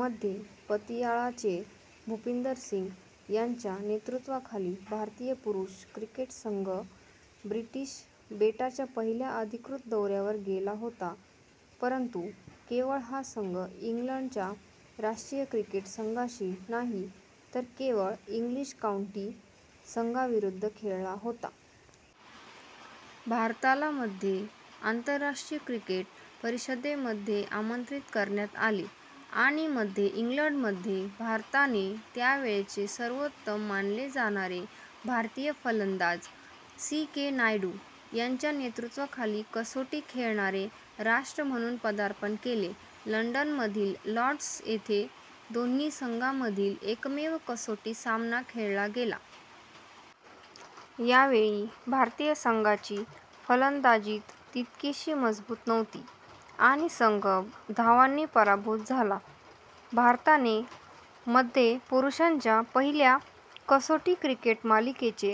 मध्ये, पतियाळाचे भूपिंदर सिंग यांच्या नेतृत्वाखाली भारतीय पुरुष क्रिकेट संघ ब्रिटिश बेटांच्या पहिल्या अधिकृत दौऱ्यावर गेला होता, परंतु केवळ हा संघ इंग्लंडच्या राष्ट्रीय क्रिकेट संघाशी नाही तर केवळ इंग्लिश काऊंटी संघांविरुद्ध खेळला होता। भारताला मध्ये आंतरराष्ट्रीय क्रिकेट परिषदेमध्ये आमंत्रित करण्यात आले आणि मध्ये इंग्लंडमध्ये भारताने त्यावेळचे सर्वोत्तम मानले जाणारे भारतीय फलंदाज सी. के. नायडू, यांच्या नेतृत्वाखाली कसोटी खेळणारे राष्ट्र म्हणून पदार्पण केले. लंडन मधील लॉर्ड्स येथे दोन्ही संघांमधील एकमेव कसोटी सामना खेळला गेला. यावेळी भारतीय संघाची फलंदाजीत तितकीशी मजबूत नव्हती आणि संघ धावांनी पराभूत झाला. भारताने मध्ये पुरुषांच्या पहिल्या कसोटी क्रिकेट मालिकेचे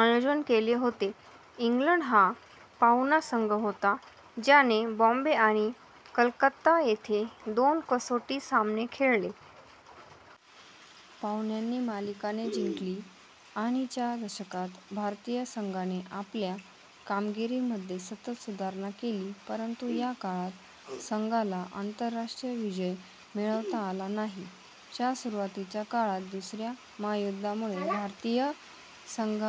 आयोजन केले होते. इंग्लंड हा पाहुणा संघ होता ज्याने बॉम्बे आणि कलकत्ता येथे दोन कसोटी सामने खेळले. पाहुण्यांनी मालिका - ने जिंकली. आणि च्या दशकात भारतीय संघाने आपल्या कामगिरीमध्ये सतत सुधारणा केली परंतु या काळात संघाला आंतरराष्ट्रीय विजय मिळवता आला नाही. च्या सुरुवातीच्या काळात, दुसऱ्या महायुद्धा मुळे भारतीय संघ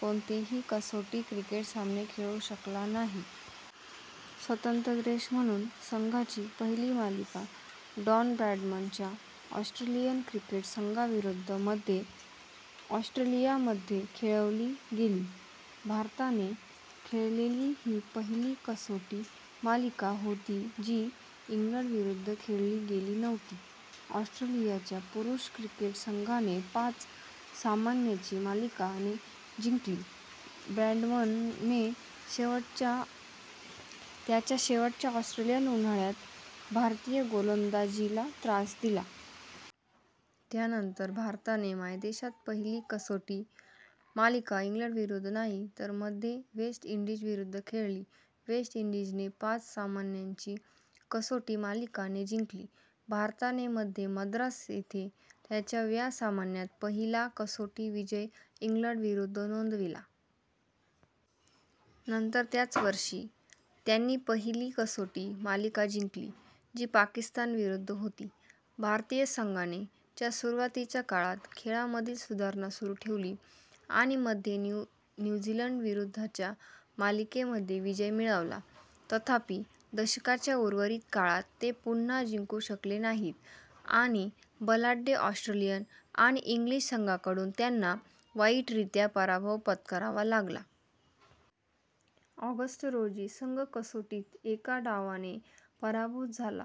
कोणतेही कसोटी क्रिकेट सामने खेळू शकला नाही. स्वतंत्र देश म्हणून संघाची पहिली मालिका डॉन ब्रॅडमन च्या ऑस्ट्रेलियन क्रिकेट संघाविरुद्ध - मध्ये ऑस्ट्रेलियामध्ये खेळवली गेली. भारताने खेळलेली ही पहिली कसोटी मालिका होती जी इंग्लंडविरुद्ध खेळली गेली नव्हती. ऑस्ट्रेलियाच्या पुरुष क्रिकेट संघाने पाच सामन्यांची मालिका - ने जिंकली, ब्रॅडमनने त्याच्या शेवटच्या ऑस्ट्रेलियन उन्हाळ्यात भारतीय गोलंदाजीला त्रास दिला. त्यानंतर भारताने मायदेशात पहिली कसोटी मालिका इंग्लंडविरुद्ध नाही तर मध्ये वेस्ट इंडीज विरुद्ध खेळली. वेस्ट इंडीजने पाच सामन्यांची कसोटी मालिका - ने जिंकली. भारताने मध्ये मद्रास येथे त्यांच्या व्या सामन्यात पहिला कसोटी विजय इंग्लंडविरुद्ध नोंदविला. नंतर त्याच वर्षी, त्यांनी पहिली कसोटी मालिका जिंकली, जी पाकिस्तान विरुद्ध होती. भारतीय संघाने च्या सुरुवातीच्या काळात खेळामधील सुधारणा सुरू ठेवली आणि मध्ये न्यू झीलंड विरुद्धच्या मालिकेमध्ये विजय मिळवला. तथापि, दशकाच्या उर्वरित काळात ते पुन्हा जिंकू शकले नाहीत आणि बलाढ्य ऑस्ट्रेलियन आणि इंग्लिश संघांकडून त्यांना वाईटरित्या पराभव पत्करावा लागला. ऑगस्ट रोजी, संघ कसोटीत एका डावाने पराभूत झाला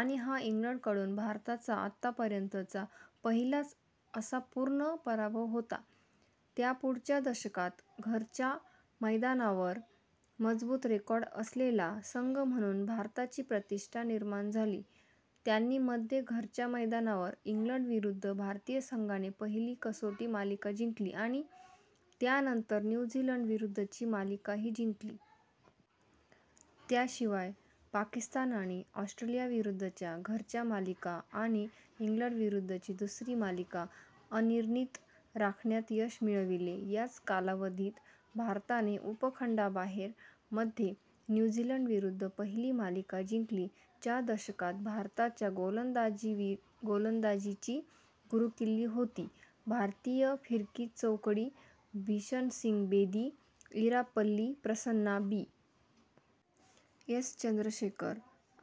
आणि हा इंग्लंडकडून भारताचा आतापर्यंतचा पहिलाच - असा पूर्ण पराभव होता. त्यापुढच्या दशकात घरच्या मैदानावर मजबूत रेकॉर्ड असलेला संघ म्हणून भारताची प्रतिष्ठा निर्माण झाली. त्यांनी - मध्ये घरच्या मैदानावर इंग्लंडविरुद्ध भारतीय संघाने पहिली कसोटी मालिका जिंकली आणि त्यानंतर न्यू झीलंडविरुद्धची मालिकाही जिंकली. त्याशिवाय पाकिस्तान आणि ऑस्ट्रेलियाविरुद्धच्या घरच्या मालिका आणि इंग्लंडविरुद्धची दुसरी मालिका अनिर्णित राखण्यात यश मिळविले. याच कालावधीत भारताने उपखंडाबाहेर - मध्ये न्यू झीलंडविरुद्ध पहिली मालिका जिंकली. च्या दशकात भारताच्या गोलंदाजीची गुरुकिल्ली होती भारतीय फिरकी चौकडी बिशनसिंग बेदी, इरापल्ली प्रसन्ना, बी. एस. चंद्रशेखर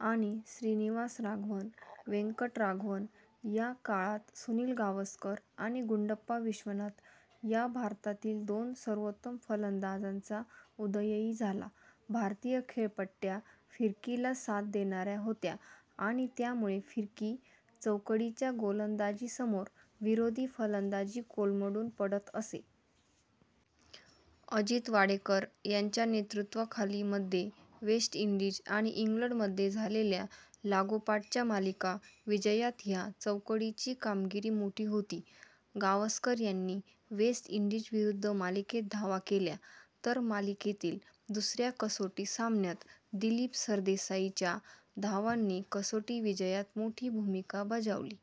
आणि श्रीनिवासराघवन वेंकटराघवन. या काळात सुनील गावस्कर आणि गुंडप्पा विश्वनाथ या भारतातील दोन सर्वोत्तम फलंदाजांचा उदयही झाला. भारतीय खेळपट्ट्या फिरकीला साथ देणाऱ्या होत्या आणि त्यामुळे फिरकी चौकडीच्या गोलंदाजीसमोर विरोधी फलंदाजी कोलमडून पडत असे. अजित वाडेकर यांच्या नेतृत्वाखाली मध्ये वेस्ट इंडीज आणि इंग्लंड मध्ये झालेल्या लागोपाठच्या मालिका विजयात ह्या चौकडीची कामगिरी मोठी होती. गावस्कर यांनी वेस्ट इंडीज विरुद्ध मालिकेत धावा केल्या तर मालिकेतील दुसऱ्या कसोटी सामन्यात दिलीप सरदेसाई च्या धावांनी कसोटी विजयात मोठी भूमिका बजावली.